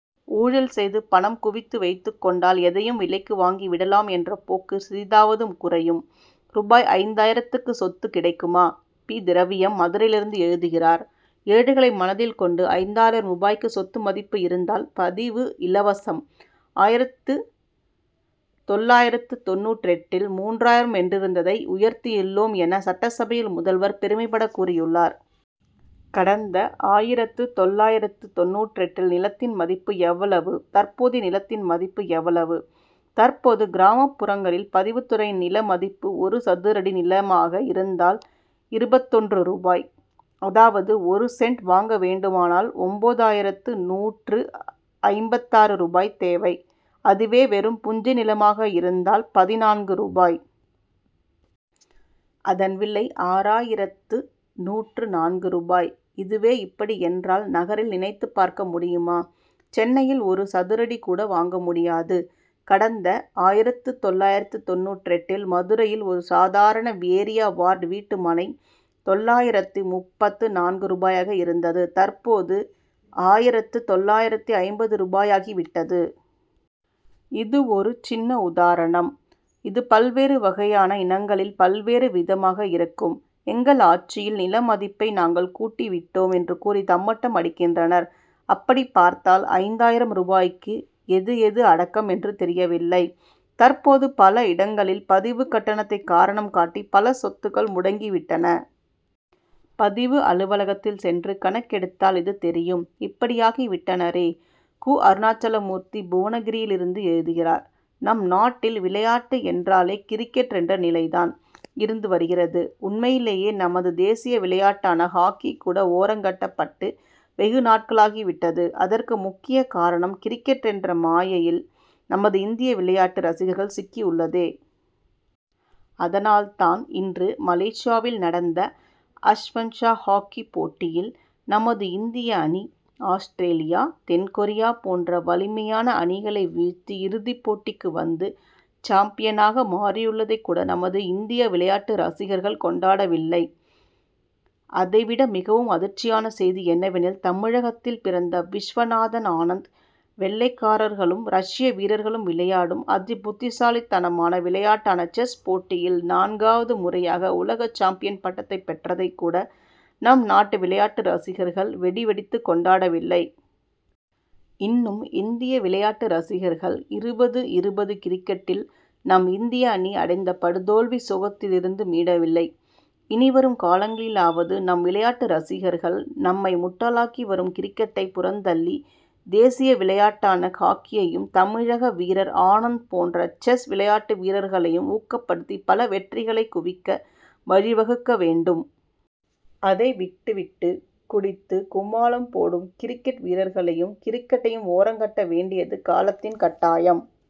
ஊழல் செய்து பணம் குவித்து வைத்துக் கொண்டால் எதையும் விலைக்கு வாங்கி விடலாம் என்ற போக்கு சிறிதாவது குறையும். ரூ. ஐந்தாயிரத்துக்கு சொத்து கிடைக்குமா? பி. திரவியம் மதுரையிலிருந்து எழுதுகிறார் ஏழைகளை மனதில் கொண்டு ஐந்தாயிரம் ரூபாய்க்கு சொத்து மதிப்பு இருந்தால் பதிவு இலவசம் ஆயிரத்து தொள்ளாயிரத்து தொண்ணூற்றெட்டில் மூன்றாயிரம் என்றிருந்ததை உயர்த்தியுள்ளோம் என சட்டசபையில் முதல்வர் பெருமைபட கூறியுள்ளார். கடந்த ஆயிரத்து தொள்ளாயிரத்து தொண்ணூற்றெட்டில் நிலத்தின் மதிப்பு எவ்வளவு தற்போதைய நிலத்தின் மதிப்பு எவ்வளவு? தற்போது கிராமப்புறங்களில் பதிவுத்துறையின் நில மதிப்பு ஒரு சதுரடி நிலமாக இருந்தால் இருபத்தொன்று ரூபாய். அதாவது ஒரு சென்ட் வாங்க வேண்டுமானால் ஒன்பதாயிரத்து நூற்று ஐம்பத்தாறு ரூபாய் தேவை. அதுவே வெறும் புஞ்சை நிலமாக இருந்தால் பதினான்கு ரூபாய். அதன் விலை ஆறாயிரத்து நூற்று நான்கு ரூபாய். இதுவே இப்படி என்றால் நகரில் நினைத்து பார்க்க முடியுமா? சென்னையில் ஒரு சதுரடி கூட வாங்க முடியாது. கடந்த ஆயிரத்து தொள்ளாயிரத்து தொண்ணூற்றெட்டில் மதுரையில் ஒரு சாதாரண ஏரியா வார்டு வீட்டுமனை தொள்ளாயிரத்து முப்பத்து நான்கு ரூபாயாக இருந்தது தற்போது ஆயிரத்து தொள்ளாயிரத்து ஐம்பது ரூபாயாகி விட்டது. இது ஒரு சின்ன உதாரணம். இது பல்வேறு வகையான இனங்களில் பல்வேறு விதமாக இருக்கும். எங்கள் ஆட்சியில் நிலமதிப்பை நாங்கள் கூட்டி விட்டோம் என்று கூறி தம்பட்டம் அடிக்கின்றனர். அப்படி பார்த்தால் ஐந்தாயிரம் ரூபாய்க்கு எது எது அடக்கம் என்று தெரியவில்லை. தற்போது பல இடங்களில் பதிவுக்கட்டணத்தை காரணம் காட்டி பல சொத்துக்கள் முடங்கி விட்டன. பதிவு அலுவலகத்தில் சென்று கணக்கெடுத்தால் இது தெரியும். இப்படியாகி விட்டனரே! கு. அருணாச்சலமூர்த்தி புவனகிரியிலிருந்து எழுதுகிறார் நம் நாட்டில் விளையாட்டு என்றாலே கிரிக்கெட் என்ற நிலைதான் இருந்து வருகிறது. உண்மையிலேயே நமது தேசிய விளையாட்டான ஹாக்கி கூட ஓரங்கட்டப்பட்டு வெகு நாட்களாகி விட்டது. அதற்கு முக்கிய காரணம் கிரிக்கெட் என்ற மாயையில் நமது இந்திய விளையாட்டு ரசிகர்கள் சிக்கி உள்ளதே. அதனால் தான் இன்று மலேசியாவில் நடந்த அஸ்வன் ஷா ஹாக்கி போட்டியில் நமது இந்திய அணி ஆஸ்திரேலியா தென் கொரியா போன்ற வலிமையான அணிகளை வீழ்த்தி இறுதிப் போட்டிக்கு வந்து சாம்பியனாக மாறியுள்ளதை கூட நமது இந்திய விளையாட்டு ரசிகர்கள் கொண்டாடவில்லை. அதைவிட மிகவும் அதிர்ச்சியான செய்தி என்னவெனில் தமிழகத்தில் பிறந்த விஸ்வநாதன் ஆனந்த் வெள்ளைக்காரர்களும் ரஷ்ய வீரர்களும் விளையாடும் அதி புத்திசாலித்தனமான விளையாட்டான செஸ் போட்டியில் நான்காவது முறையாக உலக சாம்பியன் பட்டத்தை பெற்றதைக் கூட நம் நாட்டு விளையாட்டு ரசிகர்கள் வெடி வெடித்து கொண்டாடவில்லை. இன்னும் இந்திய விளையாட்டு ரசிகர்கள் இருபது இருபது கிரிக்கெட்டில் நம் இந்திய அணி அடைந்த படுதோல்வி சோகத்திலிருந்து மீளவில்லை. இனிவரும் காலங்களிலாவது நம் விளையாட்டு ரசிகர்கள் நம்மை முட்டாளாக்கி வரும் கிரிக்கெட்டை புறந்தள்ளி தேசிய விளையாட்டான ஹாக்கியையும் தமிழக வீரர் ஆனந்த் போன்ற செஸ் விளையாட்டு வீரர்களையும் ஊக்கப்படுத்தி பல வெற்றிகளை குவிக்க வழிவகுக்க வேண்டும். அதைவிட்டு விட்டு குடித்து கும்மாளம் போடும் கிரிக்கெட் வீரர்களையும் கிரிக்கெட்டையும் ஓரங்கட்ட வேண்டியது காலத்தின் கட்டாயம்.